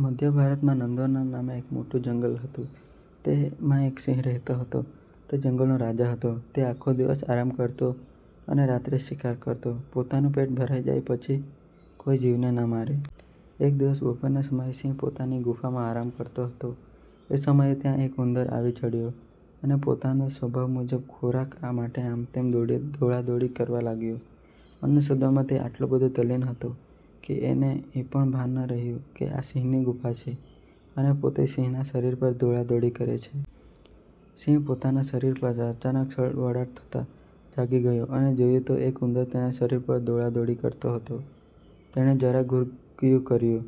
મધ્ય ભારતમાં નંદનવન નામે એક મોટું જંગલ હતું. તેમાં એક સિંહ રહેતો હતો. તે જંગલનો રાજા હતો. તે આખો દિવસ આરામ કરતો અને રાત્રે શિકાર કરતો. પોતાનું પેટ ભરાઈ જાય પછી કોઈ જીવને ન મારે. એક દિવસ બપોરના સમયે સિંહ પોતાની ગુફામાં આરામ કરતો હતો. એ સમયે ત્યાં એક ઉંદર આવી ચઢ્યો અને પોતાના સ્વભાવ મુજબ ખોરાક માટે આમતેમ દોડાદોડી કરવા લાગ્યો. અન્ન શોધવામાં તે એટલો બધો તલ્લીન હતો કે એને તે પણ ભાન ન રહ્યું કે આ સિંહની ગુફા છે અને પોતે સિંહના શરીર પર દોડાદોડી કરે છે. સિંહ પોતાના શરીર પર અચાનક સળવળાટ થતાં જાગી ગયો અને જોયું તો એક ઉંદર તેના શરીર પર દોડાદોડી કરતો હતો. તેણે જરા ઘુરકિયું કર્યું,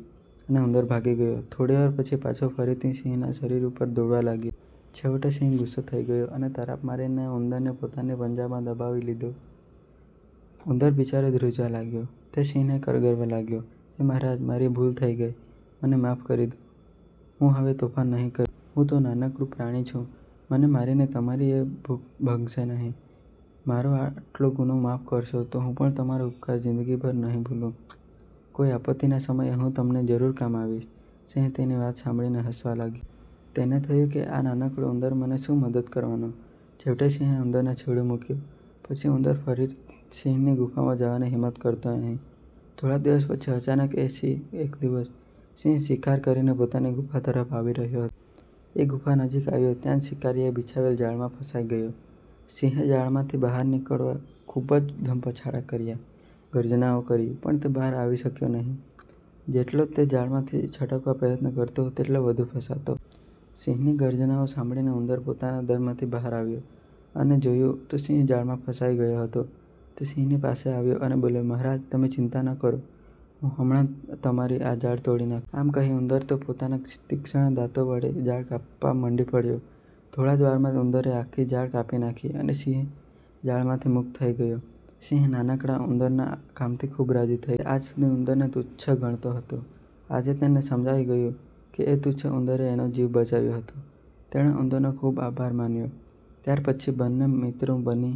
અને ઉંદર ભાગી ગયો. થોડીવાર પછી પાછો ફરીથી સિંહના શરીર ઉપર દોડવા લાગ્યો. છેવટે સિંહ ગુસ્સે થઈ ગયો અને તરાપ મારીને ઉંદરને પોતાના પંજામાં દબાવી દીધો. ઉંદર બિચારો ધ્રૂજવા લાગ્યો. તે સિંહને કરગરવા લાગ્યો " હે મહારાજ! મારી ભૂલ થઈ ગઈ, મને માફ કરી દો. હું હવે તોફાન નહિ કરું. હું તો નાનકડું પ્રાણી છું મને મારીને તમારીએ ભૂખ ભંગશે નહીં. મારો આટલો ગુનો માફ કરશો તો હું તમારો ઉપકાર જિંદગીભર નહિ ભૂલું. કોઈ આપત્તિના સમયે હું તમને જરૂર કામ આવીશ. " સિંહ તેની વાત સાંભળી હસવા લાગ્યો. તેને થયું કે, આ નાનકડો ઉંદર મને શું મદદ કરવાનો? છેવટે સિંહે ઉંદરને છોડી મૂક્યો. પછી ઉંદર ફરી સિંહની ગુફામાં જવાની હિંમત કરતો નહિ. થોડા દિવસ પછી અચાનક એક દિવસ સિંહ શિકાર કરીને પોતાની ગુફા તરફ આવી રહ્યો હતો. એ ગુફા નજીક આવ્યો ત્યાં જ શિકારીએ બિછાવેલ જાળમાં ફસાઈ ગયો. સિંહે જાળમાંથી બહાર નીકળવા ખૂબ જ ધમપછાડા કર્યા, ગર્જનાઓ કરી, પણ તે બહાર આવી શક્યો નહિ. જેટલો તે જાળમાંથી છટકવા પ્રયત્ન કરતો તેટલો વધુ ફસાતો. સિંહની ગર્જનાઓ સાંભળીને ઉંદર પોતાના દરમાંથી બહાર આવ્યો અને જોયું તો સિંહ જાળમાં ફસાઈ ગયો હતો. તે સિંહની પાસે આવ્યો અને બોલ્યો" મહારાજ! તમે ચિંતા ન કરો. હું હમણાં તમારી આ જાળ તોડી નાખું " આમ કહી ઉંદર તો પોતાના તીક્ષ્ણ દાંત વડે જાળ કાપવા મંડી પડ્યો. થોડી જ વારમાં તો ઉંદરે આખી જાળ કાપી નાખી અને સિંહ જાળમાંથી મુક્ત થઈ ગયો. સિંહ નાનકડા ઉંદરના કામથી ખૂબ રાજી થઈ ગયો. તે આજ સુધી ઉંદરને તુચ્છ ગણતો હતો. આજે તેને સમજાઈ ગયું કે એ તુચ્છ ઉંદરે એનો જીવ બચાવ્યો હતો. તેણે ઉંદરનો ખૂબ આભાર માન્યો. ત્યાર પછી બંને મિત્રો બની